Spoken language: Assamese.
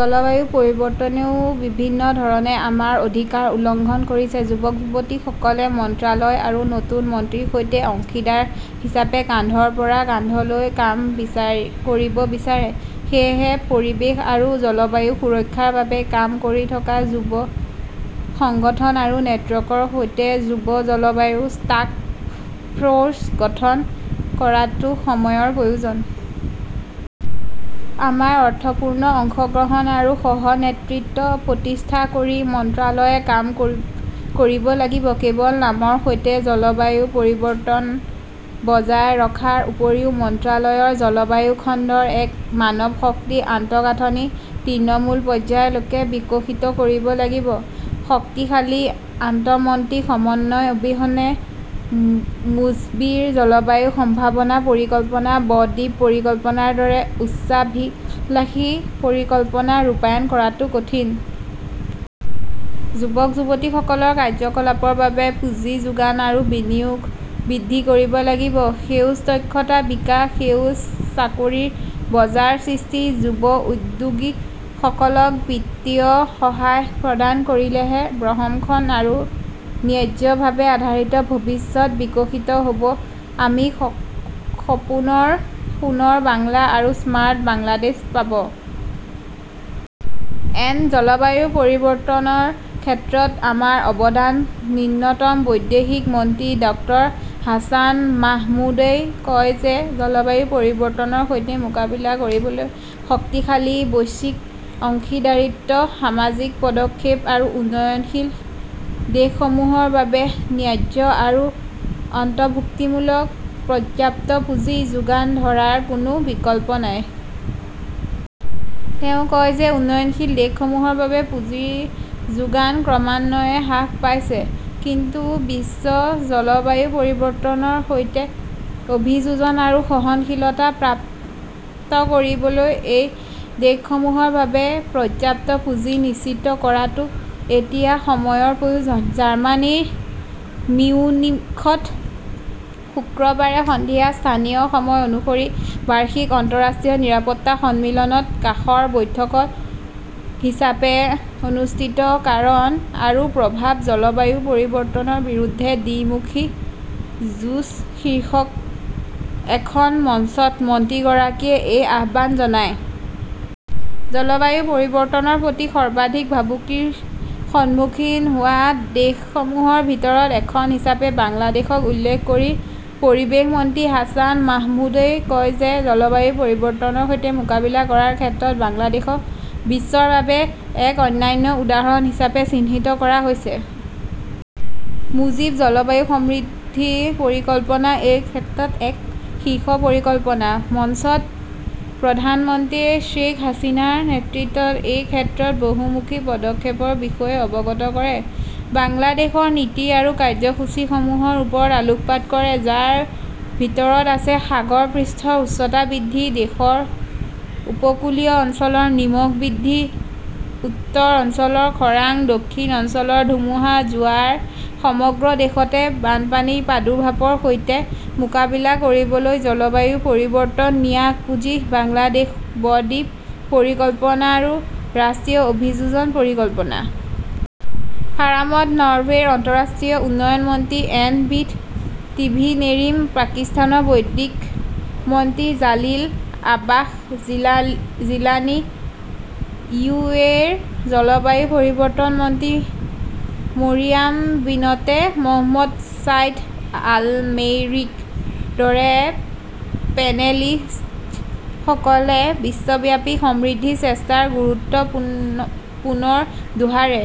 জলবায়ু পৰিৱৰ্তনেও বিভিন্ন ধৰণে আমাৰ অধিকাৰ উলংঘন কৰিছে। যুৱক-যুৱতীসকলে মন্ত্ৰালয় আৰু নতুন মন্ত্ৰীৰ সৈতে অংশীদাৰ হিচাপে কান্ধৰ পৰা কান্ধলৈ কাম কৰিব বিচাৰে। সেয়েহে পৰিৱেশ আৰু জলবায়ু সুৰক্ষাৰ বাবে কাম কৰি থকা যুৱ সংগঠন আৰু নেটৱৰ্কৰ সৈতে যুৱ জলবায়ু টাস্ক ফৰ্চ গঠন কৰাটো সময়ৰ প্ৰয়োজন। আমাৰ অৰ্থপূৰ্ণ অংশগ্ৰহণ আৰু সহ-নেতৃত্ব প্ৰতিষ্ঠা কৰি মন্ত্ৰালয়ে কাম কৰিব লাগিব। কেৱল নামৰ সৈতে জলবায়ু পৰিৱৰ্তন বজাই ৰখাৰ উপৰিও মন্ত্ৰালয়ৰ জলবায়ু খণ্ডৰ এক মানৱশক্তি আন্তঃগাঁথনি তৃণমূল পৰ্যায়লৈকে বিকশিত কৰিব লাগিব। শক্তিশালী আন্তঃ-মন্ত্ৰী সমন্বয় অবিহনে মুজীব জলবায়ু সম্ভাৱনা পৰিকল্পনা, ব-দ্বীপ পৰিকল্পনাৰ দৰে উচ্চাভিলাষী পৰিকল্পনা ৰূপায়ণ কৰাটো কঠিন। যুৱক-যুৱতীসকলৰ কাৰ্যকলাপৰ বাবে পুঁজি যোগান আৰু বিনিয়োগ বৃদ্ধি কৰিব লাগিব। সেউজ দক্ষতা বিকাশ, সেউজ চাকৰিৰ বজাৰ সৃষ্টি, যুৱ উদ্যোগীসকলক বিত্তীয় সহায় প্ৰদান কৰিলেহে বহনক্ষম আৰু ন্যায্যভাৱে আধাৰিত ভৱিষ্যত বিকশিত হ'ব। আমি সপোনৰ সোণৰ বাংলা আৰু স্মাৰ্ট বাংলাদেশ পাব। এন। জলবায়ু পৰিৱৰ্তনৰ ক্ষেত্ৰত আমাৰ অৱদান ন্যূনতম বৈদেশিক মন্ত্ৰী ডাঃ হাছান মাহমুদই কয় যে জলবায়ু পৰিৱৰ্তনৰ সৈতে মোকাবিলা কৰিবলৈ শক্তিশালী বৈশ্বিক অংশীদাৰিত্ব, সামূহিক পদক্ষেপ আৰু উন্নয়নশীল দেশসমূহৰ বাবে ন্যায্য আৰু অন্তৰ্ভুক্তিমূলক পৰ্যাপ্ত পুঁজি যোগান ধৰাৰ কোনো বিকল্প নাই। তেওঁ কয় যে উন্নয়নশীল দেশসমূহৰ বাবে পুঁজিৰ যোগান ক্ৰমান্বয়ে হ্ৰাস পাইছে। কিন্তু বিশ্ব জলবায়ু পৰিৱৰ্তনৰ সৈতে অভিযোজন আৰু সহনশীলতা প্ৰাপ্ত কৰিবলৈ এই দেশসমূহৰ বাবে পৰ্যাপ্ত পুঁজি নিশ্চিত কৰাটো এতিয়া সময়ৰ প্ৰয়োজন। জাৰ্মানীৰ মিউনিখত শুকুৰবাৰে সন্ধিয়া স্থানীয় সময় অনুসৰি বাৰ্ষিক আন্তঃৰাষ্ট্ৰীয় নিৰাপত্তা সন্মিলনৰ কাষৰ বৈঠক হিচাপে অনুষ্ঠিত কাৰণ আৰু প্ৰভাৱঃ জলবায়ু পৰিৱৰ্তনৰ বিৰুদ্ধে দ্বিমুখী যুঁজ শীৰ্ষক এখন মঞ্চত মন্ত্ৰীগৰাকীয়ে এই আহ্বান জনায়। জলবায়ু পৰিৱৰ্তনৰ প্ৰতি সৰ্বাধিক ভাবুকিৰ সন্মুখীন হোৱা দেশসমূহৰ ভিতৰত এখন হিচাপে বাংলাদেশক উল্লেখ কৰি পৰিৱেশ মন্ত্ৰী হাছান মাহমুদই কয় যে জলবায়ু পৰিৱৰ্তনৰ সৈতে মোকাবিলা কৰাৰ ক্ষেত্ৰত বাংলাদেশক বিশ্বৰ বাবে এক অনন্য উদাহৰণ হিচাপে চিহ্নিত কৰা হৈছে। মুজীব জলবায়ু সমৃদ্ধি পৰিকল্পনা এই ক্ষেত্ৰত এক শীৰ্ষ পৰিকল্পনা। মঞ্চত প্ৰধানমন্ত্ৰীয়ে শ্বেইখ হাছিনাৰ নেতৃত্বত এই ক্ষেত্ৰত বহুমুখী পদক্ষেপৰ বিষয়ে অৱগত কৰে আৰু বাংলাদেশৰ নীতি আৰু কাৰ্যসূচীসমূহৰ ওপৰত আলোকপাত কৰে, যাৰ ভিতৰত আছে সাগৰ পৃষ্ঠৰ উচ্চতা বৃদ্ধি, দেশৰ উপকূলীয় অঞ্চলত নিমখ বৃদ্ধি, উত্তৰ অঞ্চলৰ খৰাং, দক্ষিণ অঞ্চলৰ ধুমুহা, জোৱাৰ, সমগ্ৰ দেশতে বানপানীৰ প্ৰাদুৰ্ভাৱৰ সৈতে মোকাবিলা কৰিবলৈ জলবায়ু পৰিৱৰ্তন ন্যাস পুঁজি, বাংলাদেশ ব-দ্বীপ পৰিকল্পনা আৰু ৰাষ্ট্ৰীয় অভিযোজন পৰিকল্পনা। ফৰামত নৰৱেৰ আন্তঃৰাষ্ট্ৰীয় উন্নয়ন মন্ত্ৰী এন বিথ টিভিনেৰিম, পাকিস্তানৰ বৈদেশিক মন্ত্ৰী জালিল আব্বাস জিলানী, আৰু ইউ. এ. ই. ৰ জলবায়ু পৰিৱৰ্তন আৰু পৰিৱেশ মন্ত্ৰী মৰিয়াম বিনতে মহম্মদ ছাইদ আলমেইৰীৰ দৰে পেনেলিস্টসকলে বিশ্বব্যাপী সমন্বিত প্ৰচেষ্টাৰ গুৰুত্ব পুনৰ দোহাৰে।